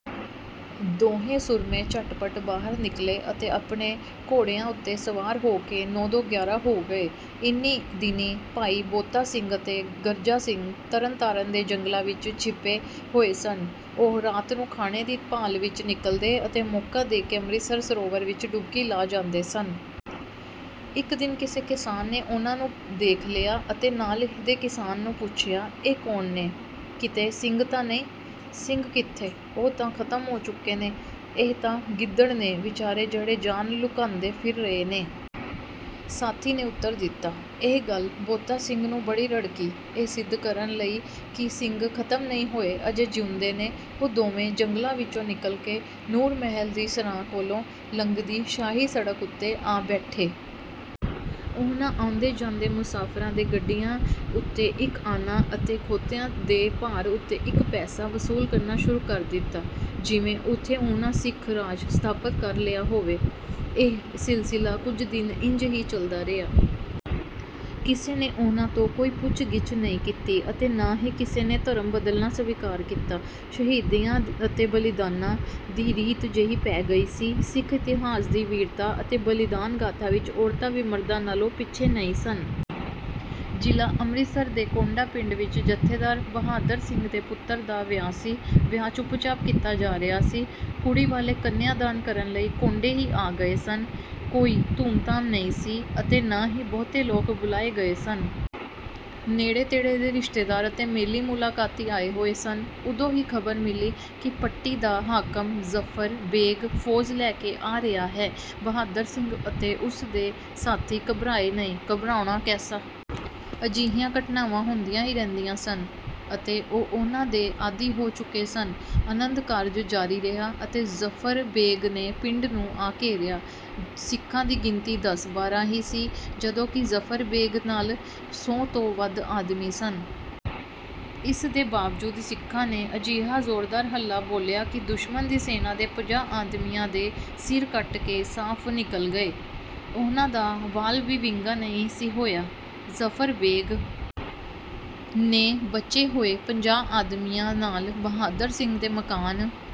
ਦੋਹੇਂ ਸੂਰਮੇ ਝਟਪਟ ਬਾਹਰ ਨਿਕਲੇ ਅਤੇ ਆਪਣੇ ਘੋੜਿਆਂ ਉੱਤੇ ਸਵਾਰ ਹੋ ਕੇ ਨੌਂ ਦੋ ਗਿਆਰਾਂ ਹੋ ਗਏ। ਇਹਨੀਂ ਦਿਨੀਂ ਭਾਈ ਬੋਤਾ ਸਿੰਘ ਅਤੇ ਗਰਜਾ ਸਿੰਘ ਤਰਨਤਾਰਨ ਦੇ ਜੰਗਲਾਂ ਵਿੱਚ ਛਿਪੇ ਹੋਏ ਸਨ। ਉਹ ਰਾਤ ਨੂੰ ਖਾਣੇ ਦੀ ਭਾਲ ਵਿੱਚ ਨਿਕਲਦੇ ਅਤੇ ਮੌਕਾ ਦੇਖ ਕੇ ਅੰਮ੍ਰਿਤਸਰ ਸਰੋਵਰ ਵਿੱਚ ਡੁਬਕੀ ਲਾ ਜਾਂਦੇ ਸਨ। ਇੱਕ ਦਿਨ ਕਿਸੇ ਕਿਸਾਨ ਨੇ ਉਹਨਾਂ ਨੂੰ ਦੇਖ ਲਿਆ ਅਤੇ ਨਾਲ ਦੇ ਕਿਸਾਨ ਨੂੰ ਪੁੱਛਿਆ, "ਇਹ ਕੌਣ ਨੇ? ਕਿਤੇ ਸਿੰਘ ਤਾਂ ਨਹੀਂ?" "ਸਿੰਘ ਕਿੱਥੇ? ਉਹ ਤਾਂ ਖ਼ਤਮ ਹੋ ਚੁੱਕੇ ਨੇ, ਇਹ ਤਾਂ ਗਿੱਦੜ ਨੇ ਵਿਚਾਰੇ ਜਿਹੜੇ ਜਾਨ ਲੁਕਾਂਦੇ ਫਿਰ ਰਹੇ ਨੇ।" ਸਾਥੀ ਨੇ ਉੱਤਰ ਦਿੱਤਾ। ਇਹ ਗੱਲ ਬੋਤਾ ਸਿੰਘ ਨੂੰ ਬੜੀ ਰੜਕੀ। ਇਹ ਸਿੱਧ ਕਰਨ ਲਈ ਕਿ ਸਿੰਘ ਖ਼ਤਮ ਨਹੀਂ ਹੋਏ, ਅਜੇ ਜਿਉਂਦੇ ਨੇ, ਉਹ ਦੋਵੇਂ ਜੰਗਲਾਂ ਵਿੱਚੋਂ ਨਿਕਲ ਕੇ ਨੂਰ ਮਹਿਲ ਦੀ ਸਰਾਂ ਕੋਲੋਂ ਲੰਘਦੀ ਸ਼ਾਹੀ ਸੜਕ ਉੱਤੇ ਆ ਬੈਠੇ। ਉਹਨਾਂ ਆਉਂਦੇ-ਜਾਂਦੇ ਮੁਸਾਫਰਾਂ ਦੇ ਗੱਡਿਆਂ ਉੱਤੇ ਇੱਕ ਆਨਾ ਅਤੇ ਖੋਤਿਆਂ ਦੇ ਭਾਰ ਉੱਤੇ ਇੱਕ ਪੈਸਾ ਵਸੂਲ ਕਰਨਾ ਸ਼ੁਰੂ ਕਰ ਦਿੱਤਾ, ਜਿਵੇਂ ਉੱਥੇ ਉਹਨਾਂ ਸਿੱਖ ਰਾਜ ਸਥਾਪਤ ਕਰ ਲਿਆ ਹੋਵੇ। ਇਹ ਸਿਲਸਿਲਾ ਕੁਝ ਦਿਨ ਇੰਜ ਹੀ ਚੱਲਦਾ ਰਿਹਾ। ਕਿਸੇ ਨੇ ਉਹਨਾਂ ਤੋਂ ਕੋਈ ਪੁੱਛ-ਗਿੱਛ ਨਹੀਂ ਕੀਤੀ ਅਤੇ ਨਾ ਹੀ ਕਿਸੇ ਨੇ ਧਰਮ ਬਦਲਣਾ ਸਵੀਕਾਰ ਕੀਤਾ। ਸ਼ਹੀਦੀਆਂ ਅਤੇ ਬਲੀਦਾਨਾਂ ਦੀ ਰੀਤ ਜਿਹੀ ਪੈ ਗਈ ਸੀ। ਸਿੱਖ ਇਤਿਹਾਸ ਦੀ ਵੀਰਤਾ ਅਤੇ ਬਲੀਦਾਨ ਗਾਥਾ ਵਿੱਚ ਔਰਤਾਂ ਵੀ ਮਰਦਾਂ ਨਾਲੋਂ ਪਿੱਛੇ ਨਹੀਂ ਸਨ। ਜ਼ਿਲ੍ਹਾ ਅੰਮ੍ਰਿਤਸਰ ਦੇ ਕੌਂਡਾ ਪਿੰਡ ਵਿੱਚ ਜਥੇਦਾਰ ਬਹਾਦਰ ਸਿੰਘ ਦੇ ਪੁੱਤਰ ਦਾ ਵਿਆਹ ਸੀ। ਵਿਆਹ ਚੁੱਪ-ਚਾਪ ਕੀਤਾ ਜਾ ਰਿਹਾ ਸੀ। ਕੁੜੀ ਵਾਲੇ ਕੰਨਿਆਂ ਦਾਨ ਕਰਨ ਲਈ ਕੌਂਡੇ ਹੀ ਆ ਗਏ ਸਨ। ਕੋਈ ਧੂਮ-ਧਾਮ ਨਹੀਂ ਸੀ ਅਤੇ ਨਾ ਹੀ ਬਹੁਤੇ ਲੋਕ ਬੁਲਾਏ ਗਏ ਸਨ। ਨੇੜੇ-ਤੇੜੇ ਦੇ ਰਿਸ਼ਤੇਦਾਰ ਅਤੇ ਮੇਲੀ-ਮੁਲਾਕਾਤੀ ਆਏ ਹੋਏ ਸਨ। ਉਦੋਂ ਹੀ ਖ਼ਬਰ ਮਿਲੀ ਕਿ ਪੱਟੀ ਦਾ ਹਾਕਮ ਜ਼ਫ਼ਰ ਬੇਗ਼ ਫੌਜ ਲੈ ਕੇ ਆ ਰਿਹਾ ਹੈ। ਬਹਾਦਰ ਸਿੰਘ ਅਤੇ ਉਸਦੇ ਸਾਥੀ ਘਬਰਾਏ ਨਹੀਂ। ਘਬਰਾਉਣਾ ਕੈਸਾ? ਅਜਿਹੀਆਂ ਘਟਨਾਵਾਂ ਹੁੰਦੀਆਂ ਹੀ ਰਹਿੰਦੀਆਂ ਸਨ ਅਤੇ ਉਹ ਉਹਨਾਂ ਦੇ ਆਦੀ ਹੋ ਚੁੱਕੇ ਸਨ। ਆਨੰਦ ਕਾਰਜ ਜਾਰੀ ਰਿਹਾ ਅਤੇ ਜ਼ਫ਼ਰ ਬੇਗ਼ ਨੇ ਪਿੰਡ ਨੂੰ ਆ ਘੇਰਿਆ। ਸਿੱਖਾਂ ਦੀ ਗਿਣਤੀ ਦਸ-ਬਾਰਾਂ ਹੀ ਸੀ ਜਦੋਂ ਕਿ ਜ਼ਫ਼ਰ ਬੇਗ਼ ਨਾਲ ਸੌ ਤੋਂ ਵੱਧ ਆਦਮੀ ਸਨ। ਇਸ ਦੇ ਬਾਵਜੂਦ ਸਿੱਖਾਂ ਨੇ ਅਜਿਹਾ ਜ਼ੋਰਦਾਰ ਹੱਲਾ ਬੋਲਿਆ ਕਿ ਦੁਸ਼ਮਨ ਦੀ ਸੈਨਾ ਦੇ ਪੰਜਾਹ ਆਦਮੀਆਂ ਦੇ ਸਿਰ ਕੱਟ ਕੇ ਸਾਫ਼ ਨਿਕਲ ਗਏ। ਉਹਨਾਂ ਦਾ ਵਾਲ ਵੀ ਵਿੰਗਾ ਨਹੀਂ ਸੀ ਹੋਇਆ। ਜ਼ਫ਼ਰ ਬੇਗ਼ ਨੇ ਬਚੇ ਹੋਏ ਪੰਜਾਹ ਆਦਮੀਆਂ ਨਾਲ ਬਹਾਦਰ ਸਿੰਘ ਦੇ ਮਕਾਨ